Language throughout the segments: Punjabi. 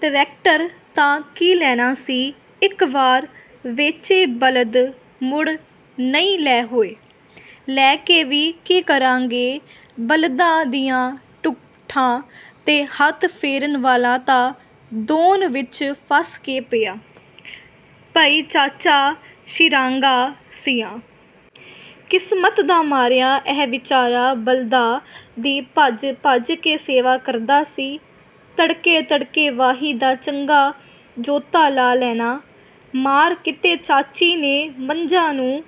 ਟਰੈਕਟਰ ਤਾਂ ਕੀ ਲੈਣਾ ਸੀ। ਇੱਕ ਵਾਰ ਵੇਚੇ ਬਲਦ ਮੁੜ ਨਈਂ ਲੈ ਹੋਏ। ਲੈ ਕੇ ਵੀ ਕੀ ਕਰਾਂਗੇ? ਬਲਦਾਂ ਦੀਆਂ ਢੁੱਠਾਂ 'ਤੇ ਹੱਥ ਫੇਰਨ ਵਾਲਾ ਤਾਂ ਦੌਣ ਵਿੱਚ ਫ਼ਸ ਕੇ ਪਿਆ। ਬਈ ਚਾਚਾ ਸ਼ਿੰਗਾਰਾ ਸਿਆਂ। ਕਿਸਮਤ ਦਾ ਮਾਰਿਆ—। " ਇਹ ਵਿਚਾਰਾ ਬਲਦਾਂ ਦੀ ਭੱਜ-ਭੱਜ ਕੇ ਸੇਵਾ ਕਰਦਾ ਸੀ। ਤੜਕੇ-ਤੜਕੇ ਵਾਹੀ ਦਾ ਚੰਗਾ ਜੋਤਾ ਲਾ ਲੈਣਾਂ। ਮਾਰ ਕਿਤੇ ਚਾਚੀ ਨੇ ਮੱਝਾਂ ਨੂੰ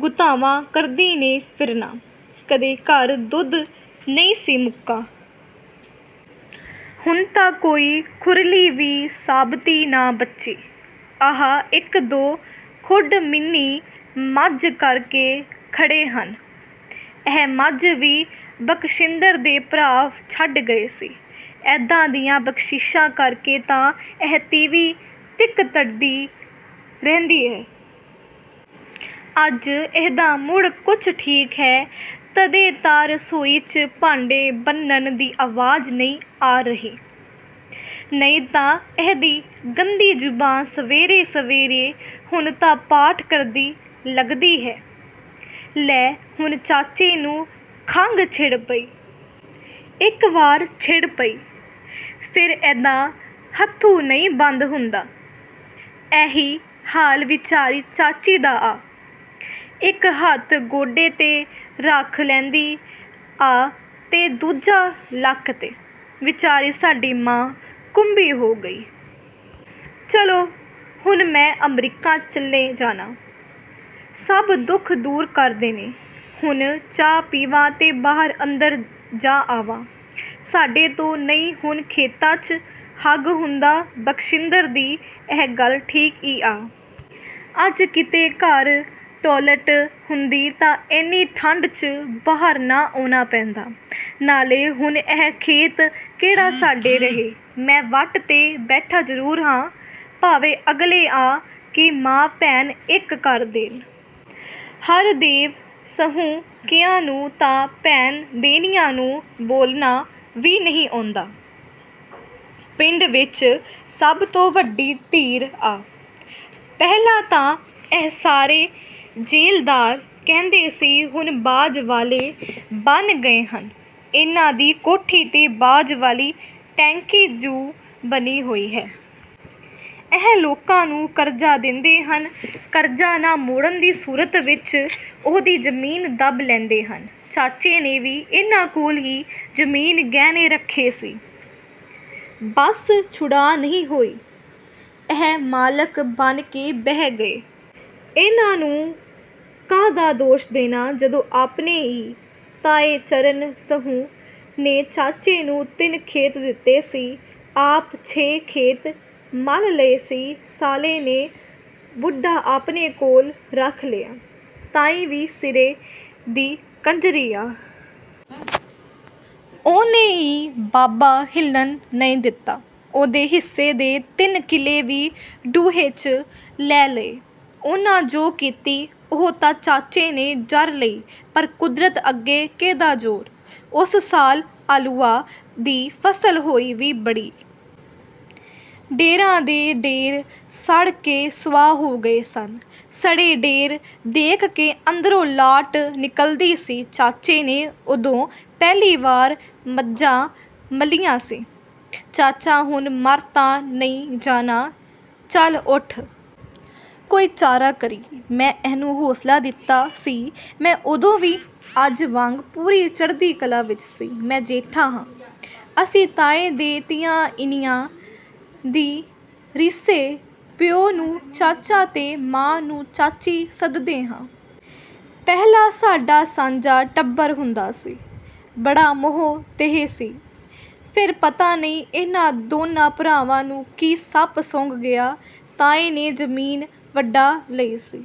ਗੁਤਾਵਾ ਕਰਦੀ ਨੇ ਫਿਰਨਾ। ਕਦੇ ਘਰ ਦੁੱਧ ਨਈਂ ਸੀ ਮੁੱਕਾ। ਹੁਣ ਤਾਂ ਕੋਈ ਖੁਰਲੀ ਵੀ ਸਾਬਤੀ ਨਾ ਬਚੀ। ਆਹ ਇੱਕ ਦੋ ਖੁੰਢ ਮੀਣੀ ਮੱਝ ਕਰਕੇ ਖੜ੍ਹ੍ਹੇ ਹਨ। ਇਹ ਮੱਝ ਵੀ ਬਖਸ਼ਿੰਦਰ ਦੇ ਭਰਾ ਛੱਡ ਗਏ ਸੀ। ਐਦਾਂ ਦੀਆਂ 'ਬਖ਼ਸ਼ਿਸ਼ਾਂ' ਕਰਕੇ ਤਾਂ ਇਹ ਤੀਵੀਂ ਤੀਂਗੜ੍ਹਦੀ ਰਹਿੰਦੀ ਆ। ਅੱਜ ਇਹਦਾ ਮੂਡ ਕੁੱਛ ਠੀਕ ਹੈ। ਤਦੇ ਤਾਂ ਰਸੋਈ 'ਚ ਭਾਂਡੇ ਭੰਨਣ ਦੀ ਆਵਾਜ਼ ਨਈਂ ਆ ਰਹੀ। ਨਈਂ ਤਾਂ ਇਹਦੀ ਗੰਦੀ ਜ਼ੁਬਾਨ ਸਵੇਰੇ-ਸਵੇਰੇ…। ਹੁਣ ਤਾਂ ਪਾਠ ਕਰਦੀ ਲਗਦੀ ਹੈ। ਲੈ ਹੁਣ ਚਾਚੇ ਨੂੰ ਖੰਘ ਛਿੜ ਪਈ। ਇੱਕ ਵਾਰ ਛਿੜ ਪਈ, ਫ਼ੇਰ ਇ੍ਹਦਾ ਹੁੱਥੂ ਨਈਂ ਬੰਦ ਹੁੰਦਾ। ਏਹੀ ਹਾਲ ਵਿਚਾਰੀ ਚਾਚੀ ਦਾ ਆ। ਇੱਕ ਹੱਥ ਗੋਡੇ 'ਤੇ ਰੱਖ ਲੈਂਦੀ ਆ ਤੇ ਦੂਜਾ ਲੱਕ 'ਤੇ। ਵਿਚਾਰੀ ਸਾਡੀ ਮਾਂ ਕੁੱਬੀ ਹੋ ਗਈ! ਚਲੋ… ਹੁਣ ਮੈਂ ਅਮਰੀਕਾ ਚਲੇ ਜਾਣਾ। ਸੱਭ ਦੁੱਖ ਦੂਰ ਕਰ ਦੇਣੇ। ਹੁਣ ਚਾਹ ਪੀਵਾਂ ਤੇ ਬਾਹਰ-ਅੰਦਰ ਜਾ ਆਵਾਂ। "ਸਾਡੇ ਤੋਂ ਨਈਂ ਹੁਣ ਖੇਤਾਂ 'ਚ ਹੱਗ ਹੁੰਦਾ। " ਬਖਸ਼ਿੰਦਰ ਦੀ ਇਹ ਗੱਲ ਠੀਕ ਈ ਆ। ਅੱਜ ਕਿਤੇ ਘਰ ਟੋਲਟ ਹੁੰਦੀ ਤਾਂ ਐਨੀ ਠੰਢ 'ਚ ਬਾਹਰ ਨਾ ਆਉਣਾ ਪੈਂਦਾ। ਨਾਲੇ ਹੁਣ ਇਹ ਖੇਤ ਕਿਹੜਾ ਸਾਡੇ ਰਹੇ। ਮੈਂ ਵੱਟ ਤੇ ਬੈਠਾ ਜ਼ਰੂਰ ਆਂ। ਭਾਵੇਂ ਅਗਲੇ ਆ ਕੇ ਮਾਂ ਭੈਣ ਇੱਕ ਕਰ ਦੇਣ। ਹਰਦੇਵ ਸੁੰਹ ਕਿਆਂ ਨੂੰ ਤਾਂ ਭੈਣ ਦੇਣਿਆਂ ਨੂੰ ਬੋਲਣਾ ਵੀ ਨਈਂ ਆਉਂਦਾ। ਪਿੰਡ ਵਿੱਚ ਸੱਭ ਤੋਂ ਵੱਡੀ ਧਿਰ ਆ। ਪਹਿਲਾਂ ਤਾਂ ਇਹ ਸਾਲੇ ਜ਼ੈਲਦਾਰ ਕਹਾਂਦੇ ਸੀ, ਹੁਣ ਬਾਜ਼ ਵਾਲੇ ਬਣ ਗਏ ਹਨ। ਇਨ੍ਹਾਂ ਦੀ ਕੋਠੀ 'ਤੇ ਬਾਜ਼ ਵਾਲੀ ਟੈਂਕੀ ਜੂੰ ਬਣੀ ਹੋਈ ਹੈ। ਇਹ ਲੋਕਾਂ ਨੂੰ ਕਰਜ਼ਾ ਦਿੰਦੇ ਹਨ। ਕਰਜ਼ਾ ਨਾ ਮੋੜਨ ਦੀ ਸੂਰਤ ਵਿਚ, ਉਹਦੀ ਜ਼ਮੀਨ ਦੱਬ ਲੈਂਦੇ ਹਨ। ਚਾਚੇ ਨੇ ਵੀ ਇਨ੍ਹਾਂ ਕੋਲ ਈ ਜ਼ਮੀਨ ਗਹਿਣੇ ਰੱਖੀ ਸੀ। ਬੱਸ ਛੁਡਾ ਨਈਂ ਹੋਈ। ਇਹ ਮਾਲਕ ਬਣ ਕੇ ਬਹਿ ਗਏ। ਇਨ੍ਹਾਂ ਨੂੰ ਕਾਹਦਾ ਦੋਸ਼ ਦੇਣਾ। ਜਦੋਂ ਆਪਣੇ ਈ…! ਤਾਏ ਚਰਨ ਸੁੰਹ ਨੇ ਚਾਚੇ ਨੂੰ ਤਿੰਨ ਖੇਤ ਦਿੱਤੇ ਸੀ। ਆਪ ਛੇ ਖੇਤ ਮੱਲ ਲਏ ਸੀ। ਸਾਲੇ ਨੇ ਬੁੜਾ ਆਪਣੇ ਕੋਲ ਰੱਖ ਲਿਆ। ਤਾਈ ਵੀ ਸਿਰੇ ਦੀ ਕੰਜ਼ਰੀ ਆ। ਉਹਨੇ ਈ ਬਾਬਾ ਹਿੱਲਣ ਨਈਂ ਦਿੱਤਾ। ਉਹਦੇ ਹਿੱਸੇ ਦੇ ਤਿੰਨ ਕਿੱਲੇ ਵੀ ਢੂਹੇ 'ਚ ਲੈ ਲਏ। ਉਹਨਾਂ ਜੋ ਕੀਤੀ, ਉਹ ਤਾਂ ਚਾਚੇ ਨੇ ਜ਼ਰ ਲਈ। ਪਰ ਕੁਦਰਤ ਅੱਗੇ ਕਿਹਦਾ ਜ਼ੋਰ। ਉਸ ਸਾਲ ਆਲੂਆਂ ਦੀ ਫ਼ਸਲ ਹੋਈ ਵੀ ਬੜੀ। ਢੇਰਾਂ ਦੇ ਢੇਰ ਸੜ ਕੇ ਸੁਆਹ ਹੋ ਗਏ ਸਨ। ਸੜੇ ਢੇਰ ਦੇਖ ਕੇ ਅੰਦਰੋਂ ਲਾਟ ਨਿਕਲਦੀ ਸੀ। ਚਾਚੇ ਨੇ ਉਦੋਂ, ਪਹਿਲੀ ਵਾਰ ਮੰਜਾ ਮੱਲਿਆ ਸੀ। "ਚਾਚਾ ਹੁਣ ਮਰ ਤਾਂ ਨਈਂ ਜਾਣਾ।… ਚੱਲ ਉੱਠ। ਕੋਈ ਚਾਰਾ ਕਰੀਏ। " ਮੈਂ ਇਹਨੂੰ ਹੌਂਸਲਾ ਦਿੱਤਾ ਸੀ। ਮੈਂ ਉਦੋਂ ਵੀ ਅੱਜ ਵਾਂਗ ਪੂਰੀ ਚੜ੍ਹਦੀ ਕਲਾ ਵਿੱਚ ਸੀ। ਮੈਂ ਜੇਠਾ ਆਂ। ਅਸੀਂ ਤਾਏ ਦੇ ਨਿਆਣਿਆਂ ਦੀ ਰੀਸੇ ਪਿਓ ਨੂੰ ਚਾਚਾ ਤੇ ਮਾਂ ਨੂੰ ਚਾਚੀ ਸੱਦਦੇ ਹਾਂ। ਪਹਿਲਾਂ ਸਾਡਾ ਸਾਂਝਾ ਟੱਬਰ ਹੁੰਦਾ ਸੀ। ਬੜਾ ਮੋਹ ਤੇਹ ਸੀ। ਫ਼ੇਰ ਪਤਾ ਨਈਂ ਇਨ੍ਹਾਂ ਦੋਨਾਂ ਭਰਾਵਾਂ ਨੂੰ ਕੀ ਸੱਪ ਸੁੰਘ ਗਿਆ। ਤਾਏ ਨੇ ਜ਼ਮੀਨ ਵੰਡਾ ਲਈ ਸੀ।